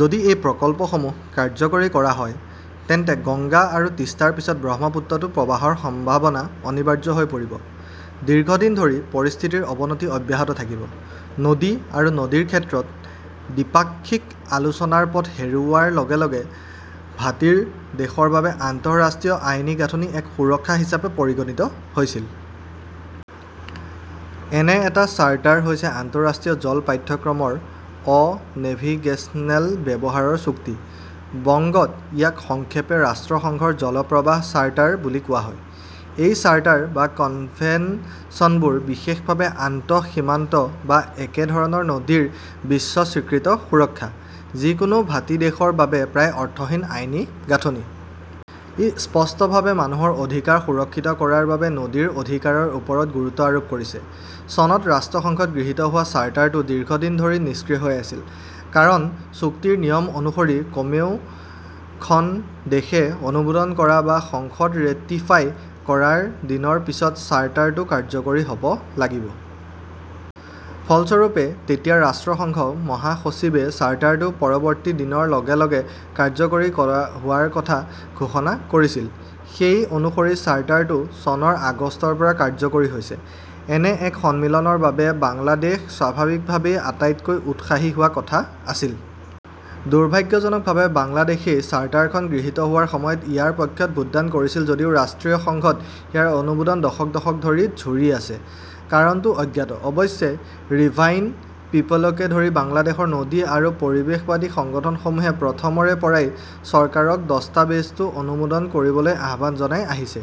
যদি এই প্ৰকল্পসমূহ কাৰ্যকৰী কৰা হয়, তেন্তে গংগা আৰু তিষ্টাৰ পিছত ব্ৰহ্মপুত্ৰতো প্ৰৱাহৰ সম্ভাৱনা অনিবাৰ্য হৈ পৰিব। দীৰ্ঘদিন ধৰি পৰিস্থিতিৰ অৱনতি অব্যাহত থাকিব। নদী আৰু নদীৰ ক্ষেত্ৰত দ্বিপাক্ষিক আলোচনাৰ পথ হেৰুওৱাৰ লগে লগে ভাটিৰ দেশৰ বাবে আন্তঃৰাষ্ট্ৰীয় আইনী গাঁথনি এক সুৰক্ষা হিচাপে পৰিগণিত হৈছিল। এনে এটা চাৰ্টাৰ হৈছে আন্তঃৰাষ্ট্ৰীয় জল পাঠ্যক্ৰমৰ অ-নেভিগেচনেল ব্যৱহাৰৰ চুক্তি। বংগত ইয়াক সংক্ষেপে ৰাষ্ট্ৰসংঘৰ জল প্ৰবাহ চাৰ্টাৰ, বুলি কোৱা হয়। এই চাৰ্টাৰ বা কনভেনচনবোৰ বিশেষভাৱে আন্তঃসীমান্ত বা একেধৰণৰ নদীৰ বিশ্ব স্বীকৃত সুৰক্ষা। যিকোনো ভাটি দেশৰ বাবে প্ৰায় অৰ্থহীন আইনী গাঁথনি। ই স্পষ্টভাৱে মানুহৰ অধিকাৰ সুৰক্ষিত কৰাৰ বাবে নদীৰ অধিকাৰৰ ওপৰত গুৰুত্ব আৰোপ কৰিছে। চনত ৰাষ্ট্ৰসংঘত গৃহীত হোৱা চাৰ্টাৰটো দীৰ্ঘদিন ধৰি নিষ্ক্ৰিয় হৈ আছিল। কাৰণ চুক্তিৰ নিয়ম অনুসৰি কমেও খন দেশে অনুমোদন কৰা বা সংসদত ৰেটিফাই' কৰাৰ দিনৰ পিছত চাৰ্টাৰটো কাৰ্যকৰী হ 'ব লাগিব। ফলস্বৰূপে, তেতিয়াৰ ৰাষ্ট্ৰসংঘৰ মহাসচিবই চাৰ্টাৰটো পৰৱৰ্তী দিনৰ লগে লগে কাৰ্যকৰী হোৱাৰ কথা ঘোষণা কৰিছিল। সেই অনুসৰি চাৰ্টাৰটো চনৰ আগষ্টৰ পৰা কাৰ্যকৰী হৈছে। এনে এক সন্মিলনৰ বাবে বাংলাদেশ স্বাভাৱিকভাৱেই আটাইতকৈ উৎসাহী হোৱাৰ কথা আছিল। দুৰ্ভাগ্যজনকভাৱে বাংলাদেশই চাৰ্টাৰখন গৃহীত হোৱাৰ সময়ত ইয়াৰ পক্ষত ভোটদান কৰিছিল যদিও ৰাষ্ট্ৰীয় সংসদত ইয়াৰ অনুমোদন দশক দশক ধৰি ঝুৰি আছে। কাৰণটো অজ্ঞাত। অৱশ্যে ৰিভাৰাইন পিপলকে ধৰি বাংলাদেশৰ নদী আৰু পৰিৱেশবাদী সংগঠনসমূহে প্ৰথমৰে পৰাই চৰকাৰক দস্তাবেজটো অনুমোদন কৰিবলৈ আহ্বান জনাই আহিছে।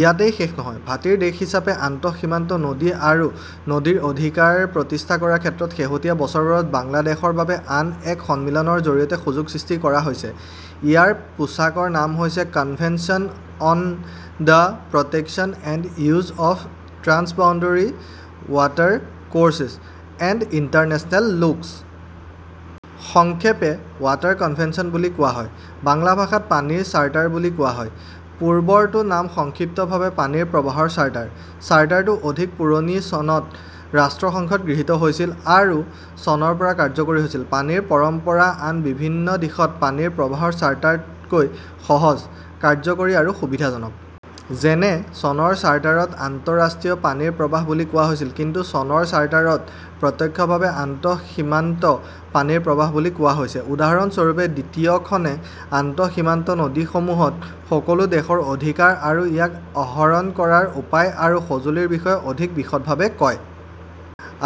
ইয়াতেই শেষ নহয়। ভাটিৰ দেশ হিচাপে আন্তঃসীমান্ত নদী আৰু নদীৰ অধিকাৰ প্ৰতিষ্ঠা কৰাৰ ক্ষেত্ৰত শেহতীয়া বছৰবোৰত বাংলাদেশৰ বাবে আন এক সন্মিলনৰ জৰিয়তে সুযোগ সৃষ্টি কৰা হৈছে। ইয়াৰ পোচাকৰ নাম হৈছে 'convention on the protection and use of transboundary watercourses and international lakes. সংক্ষেপে ৱাটাৰ কনভেনচন বুলি কোৱা হয়। বাংলা ভাষাত পানীৰ চাৰ্টাৰ বুলি কোৱা হয়। পূৰ্বৰটোৰ নাম সংক্ষিপ্তভাৱে পানীৰ প্ৰবাহৰ চাৰ্টাৰ । চাৰ্টাৰটো অধিক পুৰণি- চনত ৰাষ্ট্ৰসংঘত গৃহীত হৈছিল আৰু চনৰ পৰা কাৰ্যকৰী হৈছিল। পানীৰ পৰম্পৰা আন বিভিন্ন দিশত পানীৰ প্ৰবাহৰ চাৰ্টাৰতকৈ সহজ, কাৰ্যকৰী আৰু সুবিধাজনক। যেনে চনৰ চাৰ্টাৰত 'আন্তঃৰাষ্ট্ৰীয় পানীৰ প্ৰৱাহ বুলি কোৱা হৈছিল, কিন্তু চনৰ চাৰ্টাৰত প্ৰত্যক্ষভাৱে' আন্তঃসীমান্ত পানীৰ প্ৰৱাহ" বুলি কোৱা হৈছিল। উদাহৰণস্বৰূপে, দ্বিতীয়খনে আন্তঃসীমান্ত নদীসমূহত সকলো দেশৰ অধিকাৰ আৰু ইয়াক আহৰণ কৰাৰ উপায় আৰু সঁজুলিৰ বিষয়ে অধিক বিশদভাৱে কয়।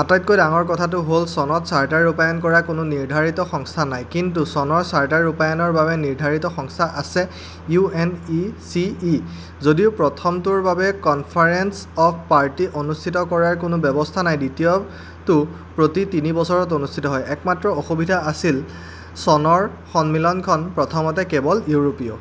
আটাইতকৈ ডাঙৰ কথাটো হ 'ল, চনৰ চাৰ্টাৰ ৰূপায়ণ কৰা কোনো নিৰ্ধাৰিত সংস্থা নাই; কিন্তু চনৰ চাৰ্টাৰ ৰূপায়ণৰ বাবে নিৰ্ধাৰিত সংস্থা আছে-ইউ. এন. ই. চি. ই.। যদিও প্ৰথমটোৰ বাবে 'কনফাৰেন্স অৱ পাৰ্টি "অনুষ্ঠিত কৰাৰ কোনো ব্যৱস্থা নাই, দ্বিতীয়টো প্ৰতি তিনি বছৰত অনুষ্ঠিত হয়। একমাত্ৰ অসুবিধা আছিল। চনৰ সন্মিলনখন প্ৰথমতে কেৱল ইউৰোপীয়